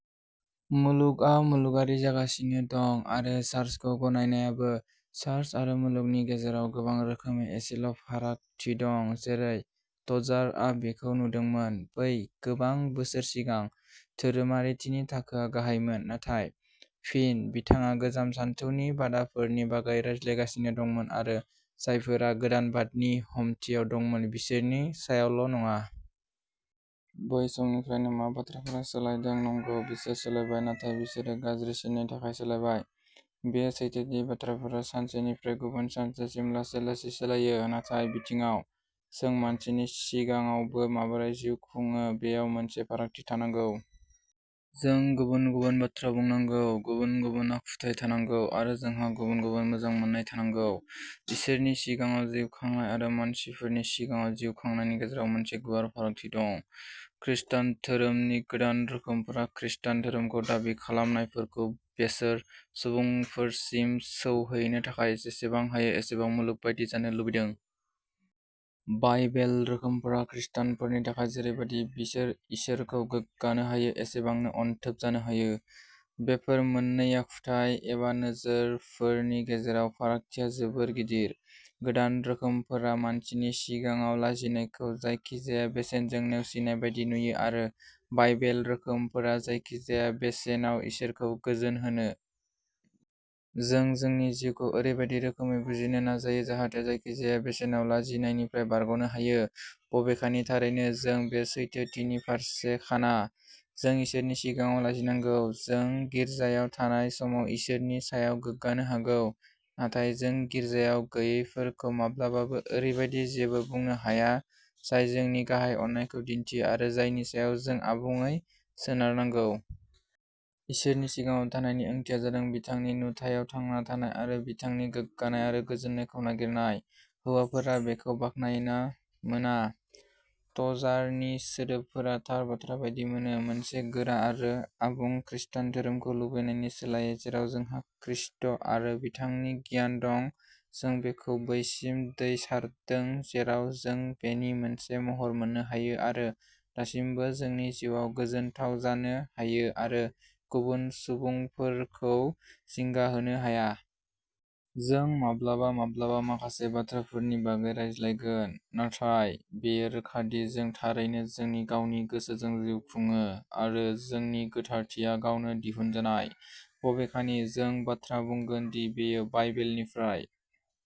मुलुगआ मुलुगारि जागासिनो दं आरो चार्चखौ गनायनायाबो। चार्च आरो मुलुगनि गेजेराव गोबां रोखोमै एसेल'फारागथि दं। जेरै टजारआ बेखौ नुदोंमोन, बै गोबां बोसोर सिगां, धोरोमारिथिनि थाखोआ गाहायमोन। नाथाय फिन, बिथाङा गोजाम सानथौनि बादाफोरनि बागै रायज्लायगासिनो दंमोन आरो जायफोरा गोदानबादनि हमथियाव दंमोन बिसोरनि सायावल'नङा। बै समनिफ्रायनो मा बाथ्राफोरा सोलायदों? नंगौ, बिसोर सोलायबाय, नाथाय बिसोरो गाज्रिसिननि थाखाय सोलायबाय। बेयो सैथो दि बाथ्राफोरा सानसेनिफ्राय गुबुन सानसेसिम लासै लासै सोलायो, नाथाय बिथिङाव। जों मानसिनि सिगाङावबो माबोरै जिउ खुंयो बेयाव मोनसे फारागथि थानांगौ। जों गुबुन-गुबुन बाथ्रा बुंनांगौ, गुबुन-गुबुन आखुथाय थानांगौ, आरो जोंहा गुबुन-गुबुन मोजां मोननाय थानांगौ। इसोरनि सिगाङाव जिउ खांनाय आरो मानसिफोरनि सिगाङाव जिउ खांनायनि गेजेराव मोनसे गुवार फारागथि दं। खृष्टान धोरोमनि गोदान रोखोमफोरा खृष्टान धोरोमखौ दाबि खालामनायफोरखौ बेसोर सुबुंफोरसिम सौहैनो थाखाय जेसेबां हायो एसेबां मुलुग बायदि जानो लुबैदों। बाइबेल रोखोमफोरा खृष्टानफोरनि थाखाय जेरैबादि बिसोर इसोरखौ गोग्गानो हायो एसेबांनो अनथोब जानो हायो। बेफोर मोन्नै आखुथाय एबा नोजोरफोरनि गेजेराव फारागथिया जोबोद गिदिर। गोदान रोखोमफोरा मानसिनि सिगाङाव लाजिनायखौ जायखिजाया बेसेनजों नेवसिनाय बायदि नुयो आरो बाइबेल रोखोमफोरा जायखिजाया बेसेनाव इसोरखौ गोजोनहोनो। जों जोंनि जिउखौ ओरैबायदि रोखोमै बुजिनो नाजायो जाहाथे जायखिजाया बेसेनाव लाजिनायनिफ्राय बारग'नो हायो, बबेखानि थारैनो जों बे सैथोथिनि फारसे खाना। जों इसोरनि सिगाङाव लाजिनांगौ। जों गिर्जायाव थानाय समाव इसोरनि सायाव गोग्गानो हागौ, नाथाय जों गिर्जायाव गैयैफोरखौ माब्लाबाबो ओरैबायदि जेबो बुंनो हाया जाय जोंनि गाहाय अननायखौ दिन्थियो आरो जायनि सायाव जों आबुङै सोनारनांगौ। इसोरनि सिगाङाव थानायनि ओंथिया जादों बिथांनि नुथायाव थांना थानाय आरो बिथांनि गोग्गानाय आरो गोजोननायखौ नागिरनाय, हौवाफोरा बेखौ बाख्नायो ना मोना। टजारनि सोदोबफोरा थार बाथ्रा बायदि मोनो। मोनसे गोरा आरो आबुं खृस्टान धोरोमखौ लुबैनायनि सोलायै जेराव जोंहा खृष्ट आरो बिथांनि गियान दं, जों बेखौ बैसिम दै सारदों जेराव जों बेनि मोनसे महर मोननो हायो आरो दासिमबो जोंनि जिउआव गोजोनथाव जानो हायो आरो गुबुन सुबुंफोरखौ जिंगा होनो हाया। जों माब्लाबा माब्लाबा माखासे बाथ्राफोरनि बागै रायज्लायगोन, नाथाय बेयो रोखा दि जों थारैनो जोंनि गावनि गोसोजों जिउ खुङो आरो जोंनि गोथारथिया गावनो दिहुनजानाय, बबेखानि जों बाथ्रा बुंगोन दि बेयो बाइबेलनिफ्राय।